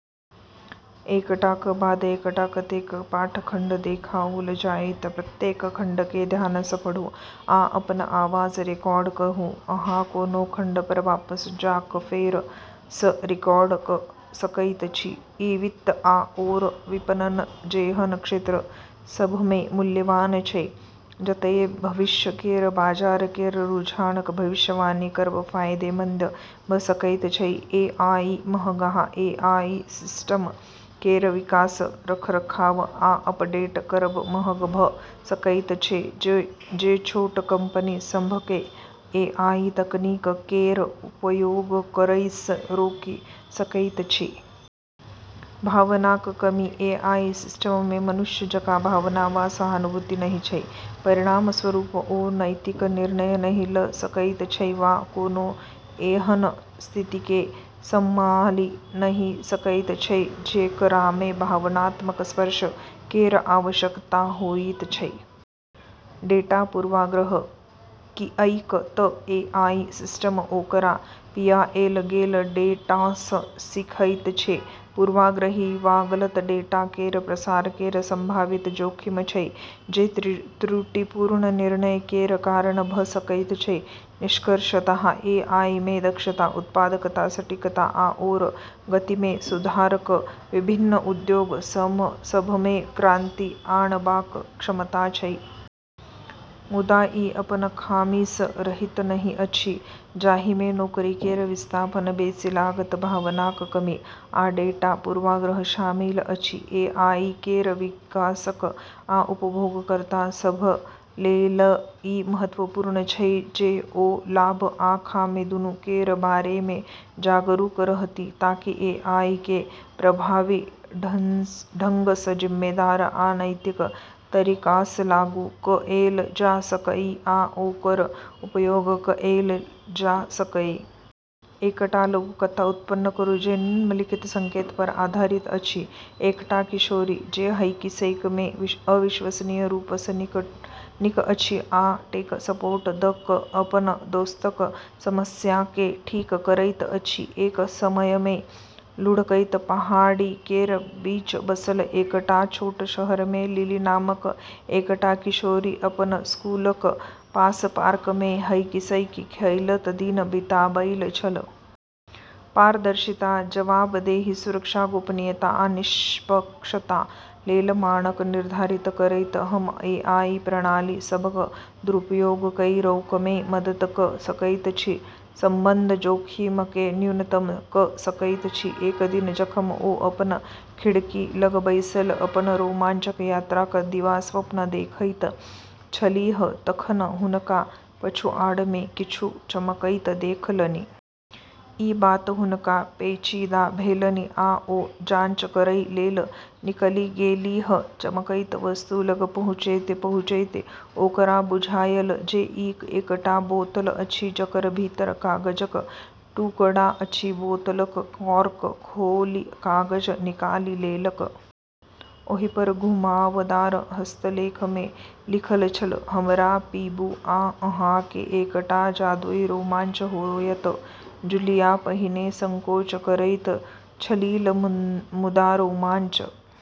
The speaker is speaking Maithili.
ई वित्त आओर विपणन जेहन क्षेत्र सभमे मूल्यवान छै, जतए भविष्य केर बाजार केर रुझानक भविष्यवाणी करब फायदेमंद भऽ सकैत छै। ए.आई. महग: एआई सिस्टम केर विकास, रखरखाव आ अपडेट करब महग भऽ सकैत छै, जे छोट कंपनी सभकेँ एआई तकनीक केर उपयोग करैसँ रोकि सकैत छै। भावनाक कमी: एआई सिस्टममे मनुष्य जकाँ भावना वा सहानुभूति नहि छै। परिणामस्वरूप, ओ नैतिक निर्णय नहि लऽ सकैत छै वा कोनो एहन स्थितिकेँ सम्हालि नहि सकैत छै, जेकरामे भावनात्मक स्पर्श केर आवश्यकता होइत छै। डेटा पूर्वाग्रह: किऐक तऽ एआई सिस्टम ओकरा पियाएल गेल डेटासँ सीखैत छै, पूर्वाग्रही वा गलत डेटा केर प्रसार केर संभावित जोखिम छै, जे त्रुटिपूर्ण निर्णय केर कारण भऽ सकैत छै। निष्कर्षतः एआईमे दक्षता, उत्पादकता, सटीकता, आओर गतिमे सुधार कऽ विभिन्न उद्योग सभमे क्रांति आनबाक क्षमता छै। मुदा, ई अपन खामीसँ रहित नहि अछि, जाहिमे नौकरी केर विस्थापन, बेसी लागत, भावनाक कमी, आ डेटा पूर्वाग्रह शामिल अछि। एआई केर विकासक आ उपयोगकर्ता सभ लेल ई महत्वपूर्ण छै जे ओ लाभ आ खामी दूनू केर बारेमे जागरूक रहथि, ताकि एआईकेँ प्रभावी ढंगसँ जिम्मेदार आ नैतिक तरीकासँ लागू कएल जा सकए आ ओकर उपयोग कएल जा सकए। एकटा लघुकथा उत्पन्न करू जे निम्नलिखित संकेतपर आधारित अछि - एकटा किशोरी, जे हैकी-सैकमे अविश्वसनीय रूपसँ नीक अछि आ टेक सपोर्ट दऽ कऽ अपन दोस्तक समस्याकेँ ठीक करैत अछि। एक समयमे लुढ़कैत पहाड़ी केर बीच बसल एकटा छोट शहरमे लिली नामक एकटा किशोरी अपन स्कूलक पास पार्कमे हैकी-सैक खेलैत दिन बिताबैत छल। पारदर्शिता, जवाबदेही, सुरक्षा, गोपनीयता, आ निष्पक्षता लेल मानक निर्धारित करैत, हम एआई प्रणाली सभक दुरुपयोगकेँ रोकैमे मदद कऽ सकैत छी, सम्बद्ध जोखिमकेँ न्यूनतम कऽ सकैत छी। एक दिन जखन ओ अपन खिड़की लग बैसल अपन रोमांचक यात्राक दिवास्वप्न देखैत छलीह तखन हुनका पछुआड़मे किछु चमकैत देखलनि। ई बात हुनका पेचीदा भेलनि आ ओ जांच करै लेल निकलि गेलीह। चमकैत वस्तु लग पहुँचैत-पहुँचैत ओकरा बुझायल जे ई एकटा बोतल अछि जकर भीतर कागजक टुकड़ा अछि। बोतलक कॉर्क खोलि कागज निकालि लेलक। ओहिपर घुमावदार हस्तलेखमे लिखल छल, "हमरा पीबू आ अहाँकेँ एकटा जादुई रोमांच होयत।" जूलिया पहिने संकोच करैत छलीह, मुदा रोमांच।